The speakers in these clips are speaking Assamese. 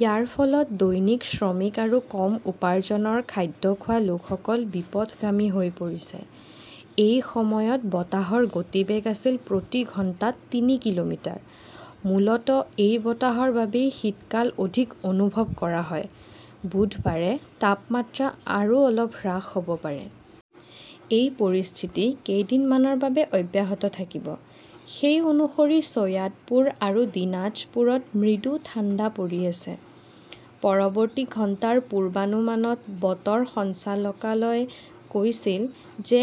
ইয়াৰ ফলত দৈনিক শ্ৰমিক আৰু কম উপাৰ্জনৰ খাদ্য খোৱা লোকসকল বিপথগামী হৈ পৰিছে। এই সময়ত বতাহৰ গতিবেগ আছিল প্ৰতি ঘণ্টাত তিনি কিলোমিটাৰ। মূলতঃ এই বতাহৰ বাবেই শীতকাল অধিক অনুভৱ কৰা হয়। বুধবাৰে তাপমাত্ৰা আৰু অলপ হ্ৰাস পাব পাৰে। এই পৰিস্থিতি কেইদিনমানৰ বাবে অব্যাহত থাকিব। সেই অনুসৰি, চৈয়াদপুৰ আৰু দিনাজপুৰত মৃদু ঠাণ্ডা পৰি আছে। পৰৱৰ্তী ঘণ্টাৰ পূৰ্বানুমানত বতৰ সঞ্চালকালয়ই কৈছিল যে,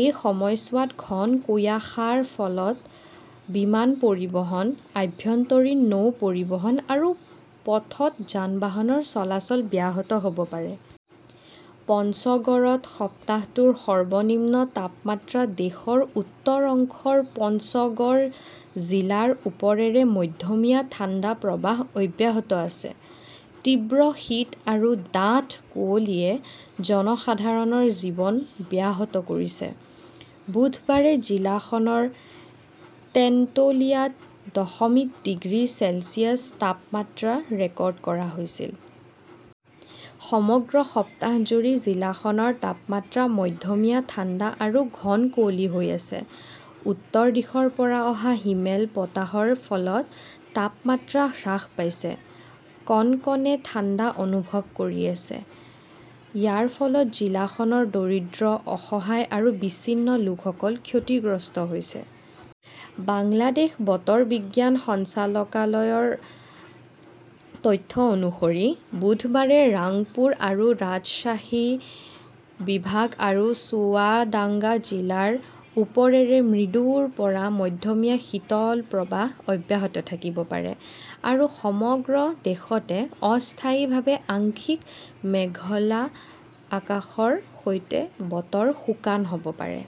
এই সময়ছোৱাত ঘন কুয়াশাৰ ফলত বিমান পৰিবহণ, আভ্যন্তৰীণ নৌ পৰিবহণ আৰু পথত যান-বাহনৰ চলাচল ব্যাহত হ 'ব পাৰে। পঞ্চগড়ত সপ্তাহটোৰ সৰ্বনিম্ন তাপমাত্ৰা দেশৰ উত্তৰ অংশৰ পঞ্চগড় জিলাৰ ওপৰেৰে মধ্যমীয়া ঠাণ্ডা প্ৰৱাহ অব্যাহত আছে। তীব্ৰ শীত আৰু ডাঠ কুঁৱলীয়ে জনসাধাৰণৰ জীৱন ব্যাহত কৰিছে। বুধবাৰে জিলাখনৰ তেন্তুলিয়াত দশমিক ডিগ্ৰী চেলছিয়াছ তাপমাত্ৰা ৰেকৰ্ড কৰা হৈছিল। সমগ্ৰ সপ্তাহজুৰি জিলাখনৰ তাপমাত্ৰা মধ্যমীয়া ঠাণ্ডা আৰু ঘন কুঁৱলী হৈ আছে। উত্তৰ দিশৰ পৰা অহা হিমেল বতাহৰ ফলত তাপমাত্ৰা হ্ৰাস পাইছে। কনকনে ঠাণ্ডা অনুভৱ কৰি আছে। ইয়াৰ ফলত জিলাখনৰ দৰিদ্ৰ, অসহায় আৰু বিচ্ছিন্ন লোকসকল ক্ষতিগ্ৰস্ত হৈছে। বাংলাদেশ বতৰ বিজ্ঞান সঞ্চালকালয়ৰ তথ্য অনুসৰি, বুধবাৰে ৰাংপুৰ আৰু ৰাজশ্বাহী বিভাগ আৰু চুৱাদাঙ্গা জিলাৰ ওপৰেৰে মৃদুৰ পৰা মধ্যমীয়া শীতল প্ৰৱাহ অব্যাহত থাকিব পাৰে আৰু সমগ্ৰ দেশতে অস্থায়ীভাৱে আংশিক মেঘলা আকাশৰ সৈতে বতৰ শুকান হ'ব পাৰে।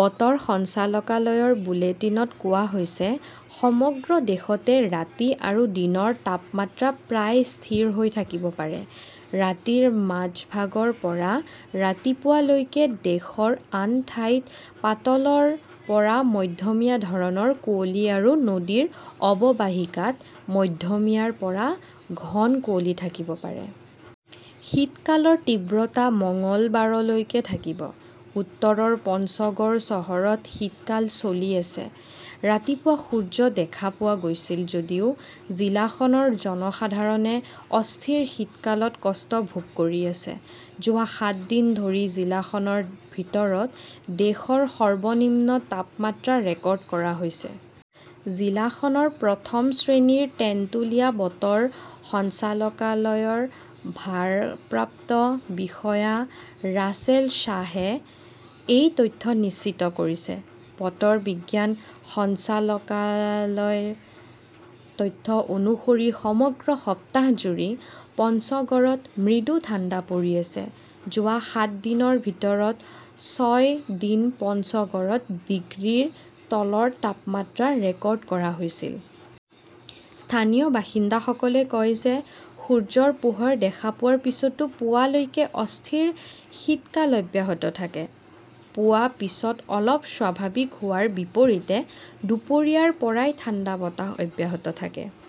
বতৰ সঞ্চালকালয়ৰ বুলেটিনত কোৱা হৈছে। সমগ্ৰ দেশতে ৰাতি আৰু দিনৰ তাপমাত্ৰা প্ৰায় স্থিৰ হৈ থাকিব পাৰে। ৰাতিৰ মাজভাগৰ পৰা ৰাতিপুৱা লৈকে দেশৰ আন ঠাইত পাতলৰ পৰা মধ্যমীয়া ধৰণৰ কুঁৱলী আৰু নদীৰ অৱবাহিকাত মধ্যমীয়াৰ পৰা ঘন কুঁৱলী থাকিব পাৰে। শীতকালৰ তীব্ৰতা মঙলবাৰলৈকে থাকিব। উত্তৰৰ পঞ্চগড় চহৰত শীতকাল চলি আছে। ৰাতিপুৱা সূৰ্য দেখা পোৱা গৈছিল যদিও জিলাখনৰ জনসাধাৰণে অস্থিৰ শীতকালত কষ্ট ভোগ কৰি আছে। যোৱা সাত দিন ধৰি জিলাখনৰ ভিতৰত দেশৰ সৰ্বনিম্ন তাপমাত্ৰা ৰেকৰ্ড কৰা হৈছে। জিলাখনৰ প্ৰথম শ্ৰেণীৰ টেন্টুলিয়া বতৰ সঞ্চালকালয়ৰ ভাৰপ্ৰাপ্ত বিষয়া ৰাছেল শ্বাহে এই তথ্য নিশ্চিত কৰিছে। বতৰ বিজ্ঞান সঞ্চালকালয়ৰ তথ্য অনুসৰি সমগ্ৰ সপ্তাহজুৰি পঞ্চগৰত মৃদু ঠাণ্ডা পৰি আছে। যোৱা সাত দিনৰ ভিতৰত ছয় দিন পঞ্চগড়ত ডিগ্ৰীৰ তলৰ তাপমাত্ৰা ৰেকৰ্ড কৰা হৈছিল। স্থানীয় বাসিন্দাসকলে কয় যে, সূৰ্যৰ পোহৰ দেখা পোৱাৰ পিছতো পুৱালৈকে অস্থিৰ শীতকাল অব্যাহত থাকে। পুৱা পিছত অলপ স্বাভাৱিক হোৱাৰ বিপৰীতে দুপৰীয়াৰ পৰাই ঠাণ্ডা বতাহ অব্যাহত থাকে।